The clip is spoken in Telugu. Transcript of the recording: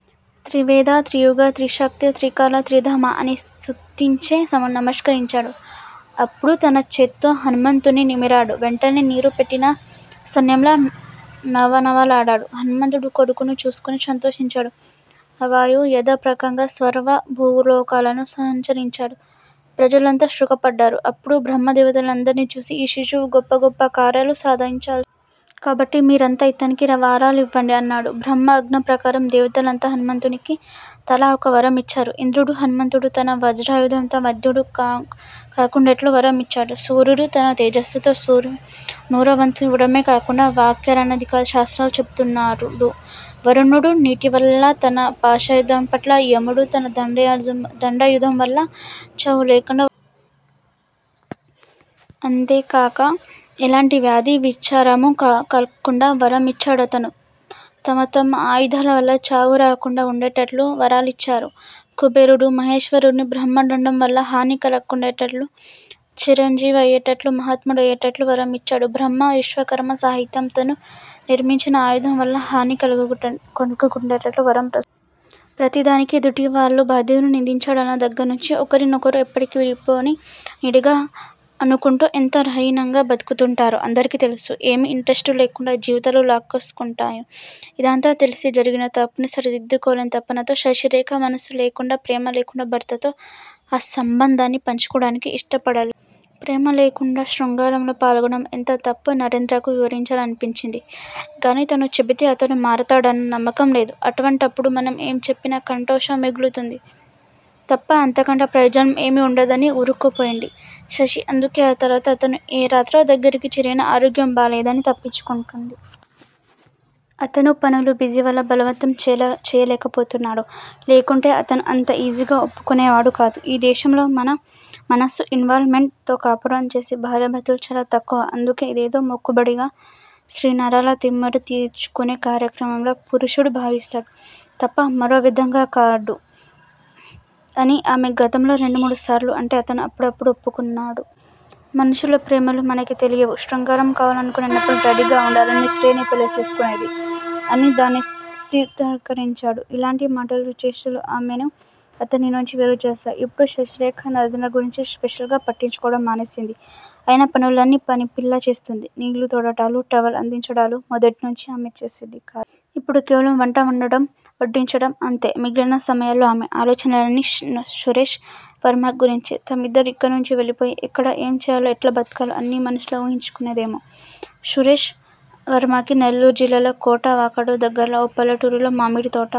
త్రివేదా? త్రియుగా? త్రిశక్తే! త్రికాలా! త్రిధామా! అని స్తుతించి నమస్కరించాడు. అప్పుడు తన చేత్తో హనుమంతుణ్ని నిమిరాడు. వెంటనే నీరు పెట్టిన సన్యంలా నవనవలాడాడు హనుమంతుడు కొడుకుని చూసుకొని సంతోషించాడు వాయువు. యథాప్రకారంగా సర్వభూలోకాల్లోనూ సంచరించాడు. ప్రజలంతా సుఖపడ్డారు. అప్పడు బ్రహ్మదేవతలందర్ని చూసి ఈ శిశువు గొప్ప గొప్ప కార్యాలు సాధించాల్ కాబట్టి మీరంతా ఇతనికి వారాలివ్వండి అన్నాడు. బ్రహ్మ ఆజ్ఞప్రకారం దేవతలంతా హనుమంతునికి తలా ఒకవరం ఇచ్చారు. ఇంద్రుడు హనుమంతుడు తన వజ్రాయుధంతో వధ్యుడు కాకుండేట్లు వరం ఇచ్చాడు సూర్యుడు తన తేజస్సులో నూరోవంతు ఇవ్వడమే కాకుండా వ్యాకరణాది శాస్త్రాలు చెపుతానన్నాడు. వరుణుడు నీటివల్లా, తన పాశాయుధంవల్లా యముడు తన దండాయుధంవల్ల చావులేకుండా అంతేకాక ఏలాంటి వ్యాధీ, విచారమూ కాలక్కుండా వరం ఇచ్చాడతను. తమ తమ ఆయుధాలవల్ల చావు రాకుండా వుండేట్లు వరాలిచ్చారు కుబేరుడూ, మహేశ్వరుడున్నూ, బ్రహ్మదండంవల్ల హాని కలక్కుండేట్లూ, చిరంజీవి అయ్యేట్లూ, మహాత్ముడయ్యేట్లూ వరం ఇచ్చాడు బ్రహ్మ. విశ్వకర్మ సహితం తాను నిర్మించిన ఆయుధాలవల్ల హాని కలక్కుండేట్లూ వరం ప్రసా ప్రతిదానికి ఎదుటివాళ్ళు బాధ్యులని నిందించడాల దగ్గర్నుంచి ఒకరి కొకరు ఎప్పటికి విడిపోని నీడగా అనుకుంటూ ఎంత రసహీనంగా బతుకుతుంటారో అందరికి తెలుసు. ఏమీ ఇంట్రెస్టు లేకుండా జీవితాలు లాక్కొస్తుంటాయి. ఇదంతా తెలిసి, జరిగిన తప్పుని సరిదిద్దుకోవాలనే తపనతోనే శశిరేఖ మనసు లేకుండా, ప్రేమ లేకుండా భర్తతో ఆ సంబంధాన్ని పంచుకోవడానికి ఇష్టపడ ప్రేమ లేకుండా శృంగారంలో పాల్గొనడం ఎంత తప్పో నరేంద్రకు వివరించాలనిపించింది గాని తను చెబితే అతను మారతాడన్న నమ్మకం లేదు. అటువంటప్పుడు మనం ఏం చెప్పినా కంఠశోష మిగులుతుంది తప్ప అంతకంటే ప్రయోజనం ఏమీ వుండదని ఊరుకుండిపోయింది శశి. అందుకే ఆ తర్వాత అతను ఏ రాత్రో దగ్గిరికి చేరినా ఆరోగ్యం బాగాలేదని తప్పించుకుంటోంది. అతనూ పనుల బిజివల్ల బలవంతం చేయలేకపోతున్నాడు. లేకుంటే అతను అంత ఈజీగా ఒప్పుకునేవాడుకాదు. ఈదేశంలో మనసు ఇన్వాల్ మెంట్ తో కాపురం చేసే భార్యభర్తలు చాలా తక్కువ. అందుకే ఇదేదో మొక్కుబడిగా స్త్రీనరాల తిమ్మెర తీర్చుకునే కార్యక్రమంలా పురుషుడూ భావిస్తాడు. తప్ప మరో విదంగా కాడు అని అమె గతంలో రెండు మూడు సార్లు అంటే అతనూ అప్పుడప్పుడూ ఒప్పుకున్నాడు. మనుషులూ, ప్రేమలూ, మనకి తెలియవు. శృంగారం కావాలనుకున్నప్పుడు రెడీగా వుండాలనే స్త్రీని పెళ్ళిచేసుకునేది అని దాన్ని సిద్దాంతికరించాడు. ఇలాంటి మాటలు, చేష్టలు అమెను అతని నుంచి వేరుచేశాయి. ఇప్పుడు శశిరేఖ నరేంద్ర గురించి స్పెషల్ గా పట్టించుకోవడం మానేసింది. ఆయన పనులన్నీ పనిపిల్ల చేస్తుంది. నీళ్ళు తోడటాలు, టవల్ అందించడాలూ, మొదటినుంచీ అమె చేసేదికాదు. ఇప్పుడు కేవలం వంట వండటం, వడ్డించటం- అంతే. మిగిలిన సమయాల్లో అమె అలోచనలన్నీ సురేష్ వర్మ గురించే. తామిద్దరూ ఇక్కడ్నుంచి వెళ్ళిపోయి ఎక్కడ ఏం చేయాలో ఎట్లా బతకాలో అన్నీ మనసులో ఊహించుకునేదామె. సురేష్ వర్మకి నెల్లూరుజిల్లా కోటా వాకాడు దగ్గర ఓ పల్లెటూరిలో మామిడితోట